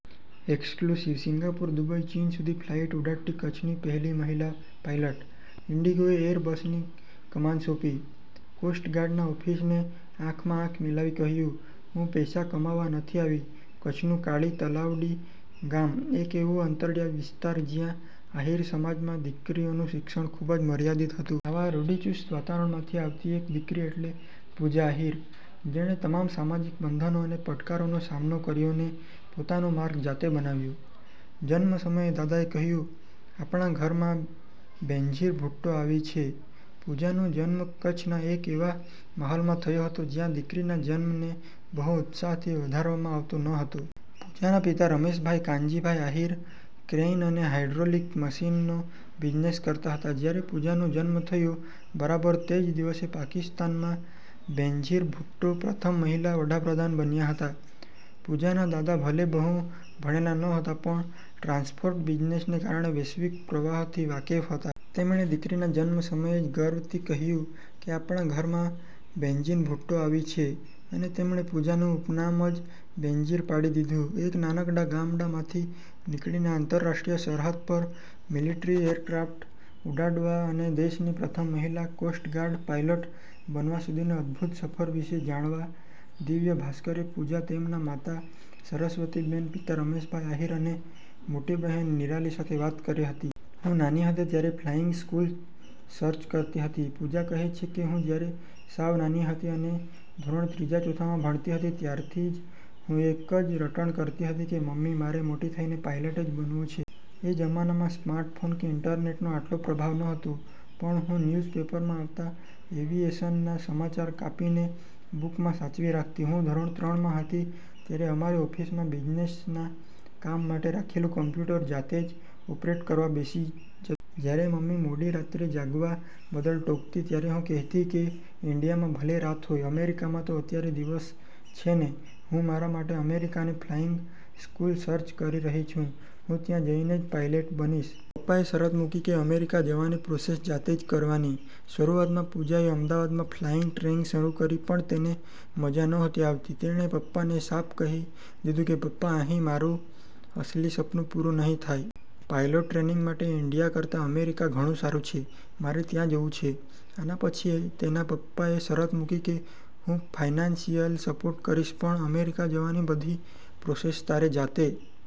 Exclusive: Singapore, Dubai, ચીન સુધી flight ઉડાડતી કચ્છની પહેલી મહિલા પાયલટ. ઇન્ડિગોએ એર બસની કમાન સોંપી, કોસ્ટ ગાર્ડના ઓફિસરને આંખમાં આંખ મિલાવી કહ્યું- "હું પૈસા કમાવા નથી આવી. કચ્છનું કાળી તલાવડી ગામ. એક એવો અંતરિયાળ વિસ્તાર જ્યાં આહીર સમાજમાં દીકરીઓનું શિક્ષણ ખૂબ જ મર્યાદિત હતું. આવા રૂઢિચુસ્ત વાતાવરણમાંથી આવતી એક દીકરી એટલે પૂજા આહીર. જેણે તમામ સામાજિક બંધનો અને પડકારોનો સામનો કર્યો ને પોતાનો માર્ગ જાતે બનાવ્યુ. જન્મ સમયે દાદાએ કહ્યું,"આપણા ઘરમાં બેનઝીર ભુટ્ટો આવી છે." પૂજાનો જન્મ કચ્છના એક એવા માહોલમાં થયો હતો જ્યાં દીકરીના જન્મને બહુ ઉત્સાહથી વધાવવામાં આવતો નહોતો. પૂજાના પિતા રમેશભાઇ કાનજીભાઇ આહીર ક્રેઇન અને હાઇડ્રોલિક મશીનનો બિઝનેસ કરતા હતા. જ્યારે પૂજાનો જન્મ થયો, બરાબર તે જ દિવસે પાકિસ્તાનમાં બેનઝીર ભુટ્ટો પ્રથમ મહિલા વડાપ્રધાન બન્યા હતા. પૂજાના દાદા ભલે બહુ ભણેલા નહોતા, પણ ટ્રાન્સપોર્ટ બિઝનેસને કારણે વૈશ્વિક પ્રવાહોથી વાકેફ હતા. તેમણે દીકરીના જન્મ સમયે જ ગર્વથી કહ્યું કે,"આપણા ઘરમાં બેનઝીર ભુટ્ટો આવી છે," અને તેમણે પૂજાનું ઉપનામ જ બેનઝીર પાડી દીધું. એક નાનકડા ગામડામાંથી નીકળીને આંતરરાષ્ટ્રીય સરહદ પર મિલિટરી એરક્રાફ્ટ ઉડાડવા અને દેશની પ્રથમ મહિલા કોસ્ટ ગાર્ડ પાયલોટ બનવા સુધીની અદભૂત સફર વિશે જાણવા દિવ્ય ભાસ્કરે પૂજા, તેમના માતા સરસ્વતીબેન, પિતા રમેશભાઈ આહીર, અને મોટી બહેન નિરાલી સાથે વાત કરી હતી. "હું નાની હતી ત્યારે ફ્લાઇંગ સ્કૂલ સર્ચ કરતી હતી". પૂજા કહે છે કે, "હું જ્યારે સાવ નાની હતી, અને ધોરણ ત્રીજા-ચૌથામાં ભણતી હતી ત્યારથી જ હું એક જ રટણ કરતી હતી કે "મમ્મી, મારે મોટી થઇને પાયલોટ જ બનવું છે." એ જમાનામાં સ્માર્ટફોન કે ઇન્ટરનેટનો આટલો પ્રભાવ નહોતો પણ હું ન્યૂઝપેપરમાં આવતા એવિએશનના સમાચાર કાપીને બૂકમાં સાચવી રાખતી. હું ધોરણ ત્રણ માં હતી, ત્યારે અમારી ઓફિસમાં બિઝનેસના કામ માટે રાખેલું કોમ્પ્યુટર જાતે જ ઓપરેટ કરવા બેસી જત જ્યારે મમ્મી મોડી રાત્રે જાગવા બદલ ટોકતી, ત્યારે હું કહેતી કે ઇન્ડિયામાં ભલે રાત હોય, અમેરિકામાં તો અત્યારે દિવસ છે ને. હું મારા માટે અમેરિકાની ફ્લાઇંગ સ્કૂલ સર્ચ કરી રહી છું. હું ત્યાં જઇને જ પાયલોટ બનીશ. પપ્પાએ શરત મુકી કે અમેરિકા જવાની પ્રોસેસ જાતે જ કરવાની. શરૂઆતમાં પૂજાએ અમદાવાદમાં ફ્લાઇંગ ટ્રેનિંગ શરૂ કરી પણ તેને મજા નહોતી આવતી. તેણે પપ્પાને સાફ કહી દીધું કે, "પપ્પા, અહીં મારું અસલી સપનું પૂરું નહીં થાય. પાયલોટ ટ્રેનિંગ માટે ઇન્ડિયા કરતાં અમેરિકા ઘણું સારું છે, મારે ત્યાં જવું છે." આના પછી તેના પપ્પાએ શરત મૂકી કે, "હું ફાઇનાન્સિયલી સપોર્ટ કરીશ પણ અમેરિકા જવાની બધી પ્રોસેસ તારે જાતે